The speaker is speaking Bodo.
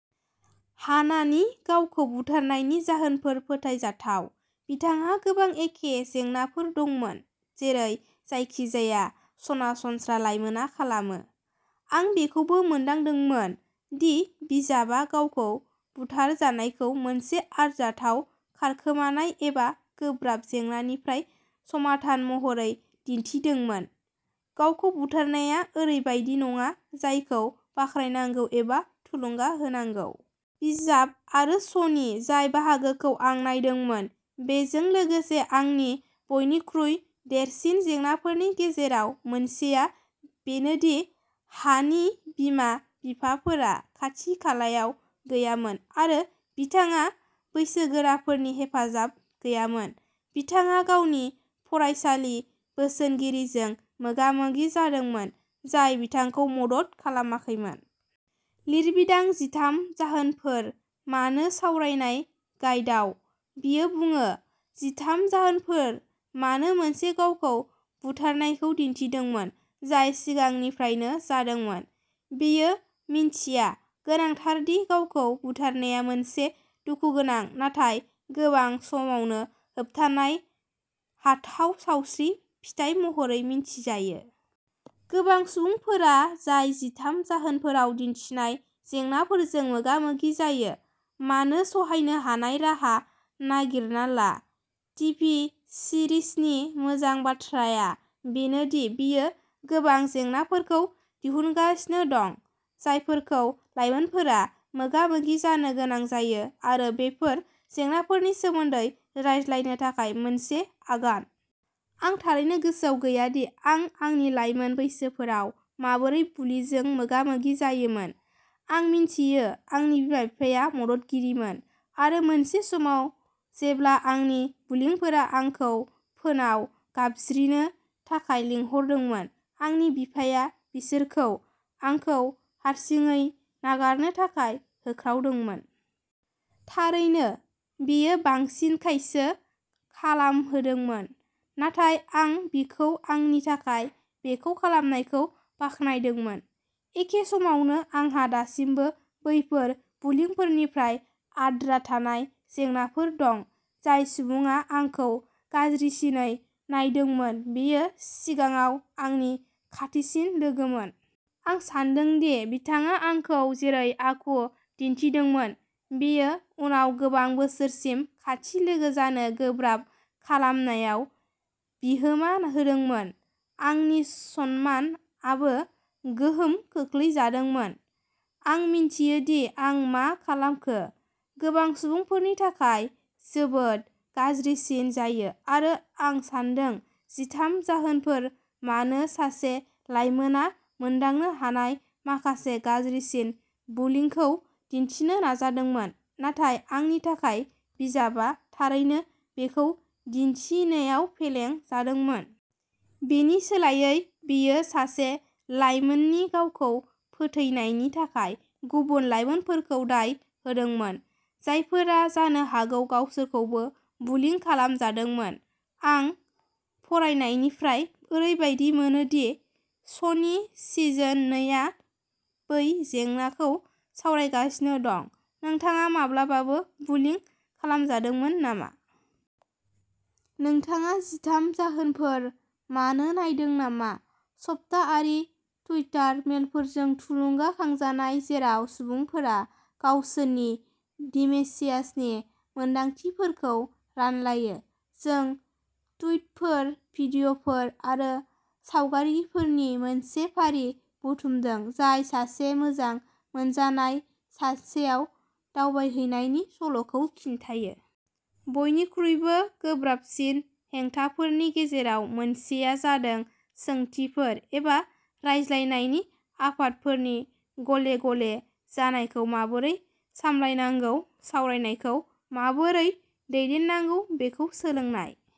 हानानि गावखौ बुथारनायनि जाहोनफोरा फोथायजाथाव। बिथांहा गोबां एखे जेंनाफोर दंमोन जेरै जायखिजाया सरासनस्रा लाइमोनआ खालामो। आं बेखौबो मोनदांदोंमोन दि बिजाबआ गावखौ बुथारनायखौ मोनसे आरजाथाव खारखोमानाय एबा गोब्राब जेंनानिफ्राइ समाधान महरै दिन्थिदोंमोन। गावखौ बुथारनाया ओरैबायदि नङा जायखौ बाखनायनांगौ एबा थुलुंगा होनांगौ। बिजाब आरो श'नि जाय बाहागोखौ आं नायदोंमोन, बेजों लोगोसे आंनि बयनिख्रुइ देरसिन जेंनाफोरनि गेजेराव मोनसेआ बेनोदि हानि बिमा-बिफाफोरा खाथि-खालायाव गैयामोन आरो बिथांहा बैसोगोराफोरनि हेफाजाब गैयामोन। बिथाङा गावनि फरायसालि बोसोनगिरिजों मोगामोगि जादोंमोन, जाय बिथांखौ मदद खालामाखैमोन। लिरबिदां जिथाम जाहोनफोर मानो सावरायनाय गाइदाव बेयो बुङो, जिथाम जाहोनफोर मानो मोनसे गावखौ बुथारनायखौ दिन्थिदोंमोन जाय सिगांनिफ्रायनो जादोंमोन, बेयो मिथिनाया गोनांथार दि गावखौ बुथारनाया मोनसे दुखुगोनां नाथाय गोबां समावनो होबथानो हाथाव सावस्रि फिथाय महरै मिथिजायो। गोबां सुबुंफोरा जाय जिथाम जाहोनफोराव दिन्थिनाय जेंनाफोरजों मोगा-मोगि जायो। मानो सहायनो हानाय राहा नागिरना ला। टिभि सिरिसनि मोजां बाथ्राया बेनो दि बेयो गोबां जेंनाफोरखौ दिहुनगासिनो दं, जायफोरखौ लाइमोनफोरा मोगा-मोगि जानो गोनां जायो आरो बेफोर जेंनाफोरनि सोमोन्दै रायज्लायनो थाखाय मोनसे आगान। आं थारैनो गोसोआव गैया दि आं आंनि लाइमोन बोसोरफोराव माबोरै बुलिंजों मोगा-मोगि जायोमोन। आं मिथियो आंनि बिमा-बिफाया मददगिरिमोन आरो मोनसे समाव जेब्ला आंनि बुलिंफोरा आंखौ फोनाव गाबज्रिनो थाखाय लिंहरदोंमोन, आंनि बिफाया बिसोरखौ आंखौ हारसिङै नागारनो थाखाय होख्रावदोंमोन। थारैनो, बेयो बांसिन खायसो खालामहोदोंमोन, नाथाय आं बिखौ आंनि थाखाय बेखौ खालामनायखौ बाख्नायदोंमोन। एखे समावनो, आंहा दासिमबो बेफोर बुलिंफोरनिफ्राय आद्रा थानाय जेंनाफोर दं। जाय सुबुङा आंखौ गाज्रिसिनै नायदोंमोन बियो सिगाङाव आंनि खाथिसिन लोगोमोन। आं सानोदि बिथाङा आंखौ जेरै आखु दिन्थिदोंमोन, बेयो उनाव गोबां बोसोरसिम खाथि लोगो जानो गोब्राब खालामनायाव बिहोमा होदोंमोन। आंनि सनमान आबो गोहोम खोख्लैजादोंमोन। आं मिथियो दि आं मा खालामखो। गोबां सुबुंफोरनि थाखाय जोबोद गाज्रिसिन जायो आरो आं सान्दों जिथाम जाहोनफोर मानो सासे लाइमोनआ मोनदांनो हानाय माखासे गाज्रिसिन बुलिंखौ दिन्थिनो नाजादोंमोन, नाथाय आंनि थाखाय, बिजाबआ थारैनो बेखौ दिन्थिनोयाव फेलें जादोंमोन। बेनि सोलायै, बेयो सासे लाइमोननि गावखौ फोथैनायनि थाखाय गुबुन लाइमोनफोरखौ दाय होदोंमोन, जायफोरा जानो हागौ गावसोरखौनो बुलिं खालामजादोंमोन। आं फरायनायनिफ्राय, ओरैबायदि मोनो दि श'नि सिजोन नै आ बै जेंनाखौ सावरायगासिनो दं। नोंथाङा माब्लाबाबो बुलिं खालामजादोंमोन नामा? नोंथाङा जिथाम जाहोनफोर मानो नायदों नामा? सप्तायारि टुइटार मेलफोरजों थुलुंगा खांजानाय जेराव सुबुंफोरा गावसोरनि दिमेन्सियासनि मोनदांथिफोरखौ रानलायो, जों टुइटफोर, भिडिय'फोर आरो सावगारिफोरनि मोनसे फारि बुथुमदों जाय सासे मोजां मोनजानाय सासेनाव दावबायहैनायनि सल'खौ खिन्थायो। बयनिख्रुइबो गोब्राबसिन हेंथाफोरनि गेजेराव मोनसेआ जादों सोंथिफोर एबा रायज्लायनायनि आफादफोरनि गले गले जानायखौ माबोरै सामलायनांगौ सावरायनायखौ माबोरै दैदेननांगौ बेखौ सोलोंनाय।